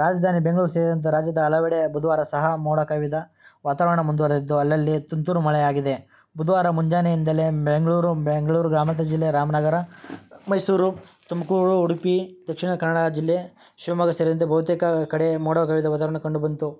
ರಾಜಧಾನಿ ಬೆಂಗಳೂರು ಸೇರಿದಂತೆ ರಾಜ್ಯದ ಹಲವೆಡೆ ಬುಧವಾರ ಸಹ ಮೋಡಕವಿದ ವಾತಾವರಣ ಮುಂದುವರಿದಿದ್ದು, ಅಲ್ಲಲ್ಲಿ ತುಂತುರು ಮಳೆಯಾಗಿದೆ. ಬುಧವಾರ ಮುಂಜಾನೆಯಿಂದಲೇ ಬೆಂಗಳೂರು, ಬೆಂಗಳೂರು ಗ್ರಾಮಾಂತರ ಜಿಲ್ಲೆ, ರಾಮನಗರ, ಮೈಸೂರು, ತುಮಕೂರು, ಉಡುಪಿ, ದಕ್ಷಿಣ ಕನ್ನಡ ಜಿಲ್ಲೆ, ಶಿವಮೊಗ್ಗ ಸೇರಿದಂತೆ ಬಹುತೇಕ ಕಡೆ ಮೋಡಕವಿದ ವಾತಾವರಣ ಕಂಡು ಬಂತು.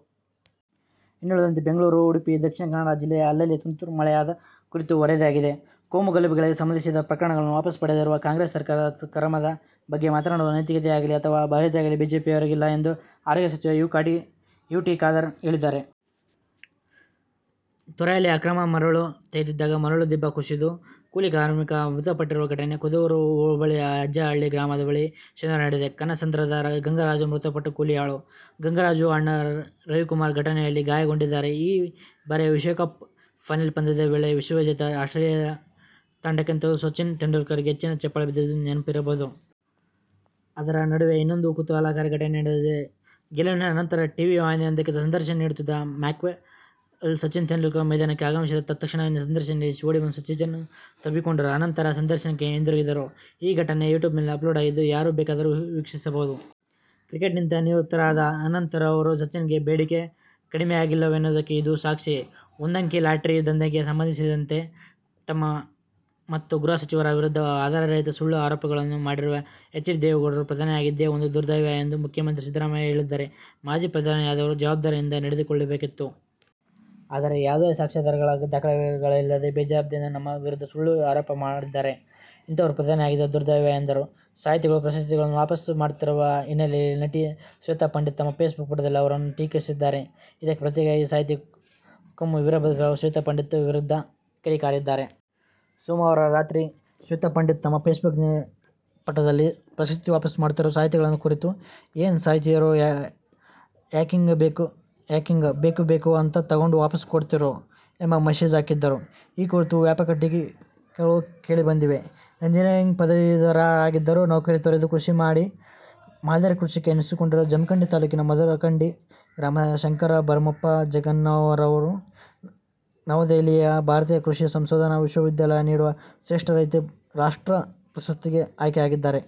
ಇನ್ನುಳಿದಂತೆ ಬೆಂಗಳೂರು, ಉಡುಪಿ, ದಕ್ಷಿಣ ಕನ್ನಡ ಜಿಲ್ಲೆಯ ಅಲ್ಲಲ್ಲಿ ತುಂತುರು ಮಳೆಯಾದ ಕುರಿತು ವರದಿಯಾಗಿದೆ. ಕೋಮು ಗಲಭೆಗಳಿಗೆ ಸಂಬಂಧಿಸಿದ ಪ್ರಕರಣಗಳನ್ನು ವಾಪಸ್ ಪಡೆದಿರುವ ಕಾಂಗ್ರೆಸ್ ಸರ್ಕಾರದ ಕ್ರಮದ ಬಗ್ಗೆ ಮಾತನಾಡುವ ನೈತಿಕತೆಯಾಗಲಿ ಅಥವಾ ಅರ್ಹತೆಯಾಗಲಿ ಬಿಜೆಪಿಯವರಿಗಿಲ್ಲ ಎಂದು ಆರೋಗ್ಯ ಸಚಿವ ಯು. ಟಿ. ಖಾದರ್ ಹೇಳಿದ್ದಾರೆ. ತೊರೆಯಲ್ಲಿ ಅಕ್ರಮವಾಗಿ ಮರಳು ತೆಗೆಯುತ್ತಿದ್ದಾಗ ಮರಳು ದಿಬ್ಬ ಕುಸಿದು ಕೂಲಿ ಕಾರ್ಮಿಕ ಮೃತಪಟ್ಟಿರುವ ಘಟನೆ ಕುದೂರು ಹೋಬಳಿಯ ಅಜ್ಜಹಳ್ಳಿ ಗ್ರಾಮದ ಬಳಿ ಶನಿವಾರ ನಡೆದಿದೆ. ಕನ್ನಸಂದ್ರದ ಗಂಗರಾಜು ಮೃತಪಟ್ಟ ಕೂಲಿಯಾಳು. ಗಂಗರಾಜು ಅಣ್ಣ ರವಿಕುಮಾರ್ ಘಟನೆಯಲ್ಲಿ ಗಾಯಗೊಂಡಿದ್ದಾರೆ. ಈ ಬಾರಿಯ ವಿಶ್ವಕಪ್ ಫೈನಲ್ ಪಂದ್ಯದ ವೇಳೆ ವಿಶ್ವವಿಜೇತ ಆಸ್ಟ್ರೇಲಿಯ ತಂಡಕ್ಕಿಂತಲೂ ಸಚಿನ್ ತೆಂಡುಲ್ಕರ್ಗೆ ಹೆಚ್ಚಿನ ಚಪ್ಪಾಳೆ ಬಿದ್ದಿದ್ದು ನೆನಪಿರಬಹುದು. ಅದರ ನಡುವೆ ಇನ್ನೊಂದು ಕುತೂಹಲಕಾರಿ ಘಟನೆ ನಡೆದಿದೆ. ಗೆಲುವಿನ ಅನಂತರ ಟಿವಿ ವಾಹಿನಿಯೊಂದಕ್ಕೆ ಸಂದರ್ಶನ ನೀಡುತ್ತಿದ್ದ ಮ್ಯಾಕ್ಸ್ವೆಲ್, ಸಚಿನ್ ತೆಂಡುಲ್ಕರ್ ಮೈದಾನಕ್ಕೆ ಆಗಮಿಸಿದಾಗ ತತ್ಕ್ಷಣವೇ ಸಂದರ್ಶನ ನಿಲ್ಲಿಸಿ ಓಡಿಬಂದು ಸಚಿನ್ ತಬ್ಬಿಕೊಂಡರು. ಅನಂತರ ಸಂದರ್ಶನಕ್ಕೆ ಹಿಂದಿರುಗಿದರು! ಈ ಘಟನೆ ಯೂಟ್ಯೂಬ್ನಲ್ಲಿ ಅಪ್ಲೋಡ್ ಆಗಿದ್ದು, ಯಾರು ಬೇಕಾದರೂ ವೀಕ್ಷಿಸಬಹುದು. ಕ್ರಿಕೆಟ್ನಿಂದ ನಿವೃತ್ತರಾದ ಅನಂತರವೂ ಸಚಿನ್ಗೆ ಬೇಡಿಕೆ ಕಡಿಮೆಯಾಗಿಲ್ಲವೆನ್ನುವುದಕ್ಕೆ ಇದು ಸಾಕ್ಷಿ. ಒಂದಂಕಿ ಲಾಟರಿ ದಂಧೆಗೆ ಸಂಬಂಧಿಸಿದಂತೆ ತಮ್ಮ ಮತ್ತು ಗೃಹ ಸಚಿವರ ವಿರುದ್ಧ ಆಧಾರರಹಿತ ಸುಳ್ಳು ಆರೋಪಗಳನ್ನು ಮಾಡಿರುವ ಎಚ್. ಡಿ. ದೇವೇಗೌಡರು ಪ್ರಧಾನಿಯಾಗಿದ್ದೇ ಒಂದು ದುರ್ದೈವ ಎಂದು ಮುಖ್ಯಮಂತ್ರಿ ಸಿದ್ದರಾಮಯ್ಯ ಹೇಳಿದ್ದಾರೆ. ಮಾಜಿ ಪ್ರಧಾನಿಯಾದವರು ಜವಾಬ್ದಾರಿಯಿಂದ ನಡೆದುಕೊಳ್ಳಬೇಕಿತ್ತು. ಆದರೆ, ಯಾವುದೇ ಸಾಕ್ಷ್ಯಾಧಾರ, ದಾಖಲೆಗಳಿಲ್ಲದೆ ಬೇಜವಾಬ್ದಾರಿಯಿಂದ ನಮ್ಮ ವಿರುದ್ಧ ಸುಳ್ಳು ಆರೋಪ ಮಾಡಿದ್ದಾರೆ. ಇಂಥವರು ಪ್ರಧಾನಿಯಾಗಿದ್ದೇ ದುರ್ದೈವ ಎಂದರು. ಸಾಹಿತಿಗಳು ಪ್ರಶಸ್ತಿಗಳನ್ನು ವಾಪಸ್ಸು ಮಾಡುತ್ತಿರುವ ಹಿನ್ನೆಲೆಯಲ್ಲಿ ನಟಿ ಶ್ವೇತಾ ಪಂಡಿತ್ ತಮ್ಮ ಫೇಸ್ಬುಕ್ ಪುಟದಲ್ಲಿ ಅವರನ್ನು ಟೀಕಿಸಿದ್ದಾರೆ. ಇದಕ್ಕೆ ಪ್ರತಿಯಾಗಿ ಸಾಹಿತಿ ಕುಂ. ವೀರಭದ್ರಪ್ಪ ಅವರು ಶ್ವೇತಾ ಪಂಡಿತ್ ವಿರುದ್ಧ ಕಿಡಿಕಾರಿದ್ದಾರೆ. ಸೋಮವಾರ ರಾತ್ರಿ ಶ್ವೇತಾ ಪಂಡಿತ್ ತಮ್ಮ ಫೇಸ್ಬುಕ್ ಪುಟದಲ್ಲಿ ಪ್ರಶಸ್ತಿ ವಾಪಸ್ಸು ಮಾಡುತ್ತಿರುವ ಸಾಹಿತಿಗಳನ್ನು ಕುರಿತು, 'ಏನ್ ಸಾಹಿತಿರೋ ಯಾಕಿಂಗ, ಬೇಕು ಬೇಕು ಬೇಕು ಅಂತಾ ತೊಗೊಂಡ್ ವಾಪಸ್ ಕೊಡ್ತೀರೋ ' ಎಂಬ ಮೆಸೇಜ್ ಹಾಕಿದ್ದರು. ಈ ಕುರಿತು ವ್ಯಾಪಕ ಟೀಕೆಗಳು ಕೇಳಿ ಬಂದಿವೆ. ಎಂಜಿನಿಯರಿಂಗ್ ಪದವೀಧರರಾ ಗಿದ್ದರೂ ನೌಕರಿ ತೊರೆದು ಕೃಷಿ ಮಾಡಿ ಮಾದರಿ ಕೃಷಿಕ ಎನಿಸಿಕೊಂಡಿರುವ ಜಮಖಂಡಿ ತಾಲೂಕಿನ ಮಧುರಖಂಡಿ ಗ್ರಾಮದ ಶಂಕರ ಭರಮಪ್ಪ ಜಂಗನ್ನವರ ಅವರು ನವದೆಹಲಿಯ ಭಾರತೀಯ ಕೃಷಿ ಸಂಶೋಧನಾ ವಿಶ್ವವಿದ್ಯಾಲಯ ನೀಡುವ ಶ್ರೇಷ್ಠ ರೈತ ರಾಷ್ಟ್ರ ಪ್ರಶಸ್ತಿಗೆ ಆಯ್ಕೆಯಾಗಿದ್ದಾರೆ.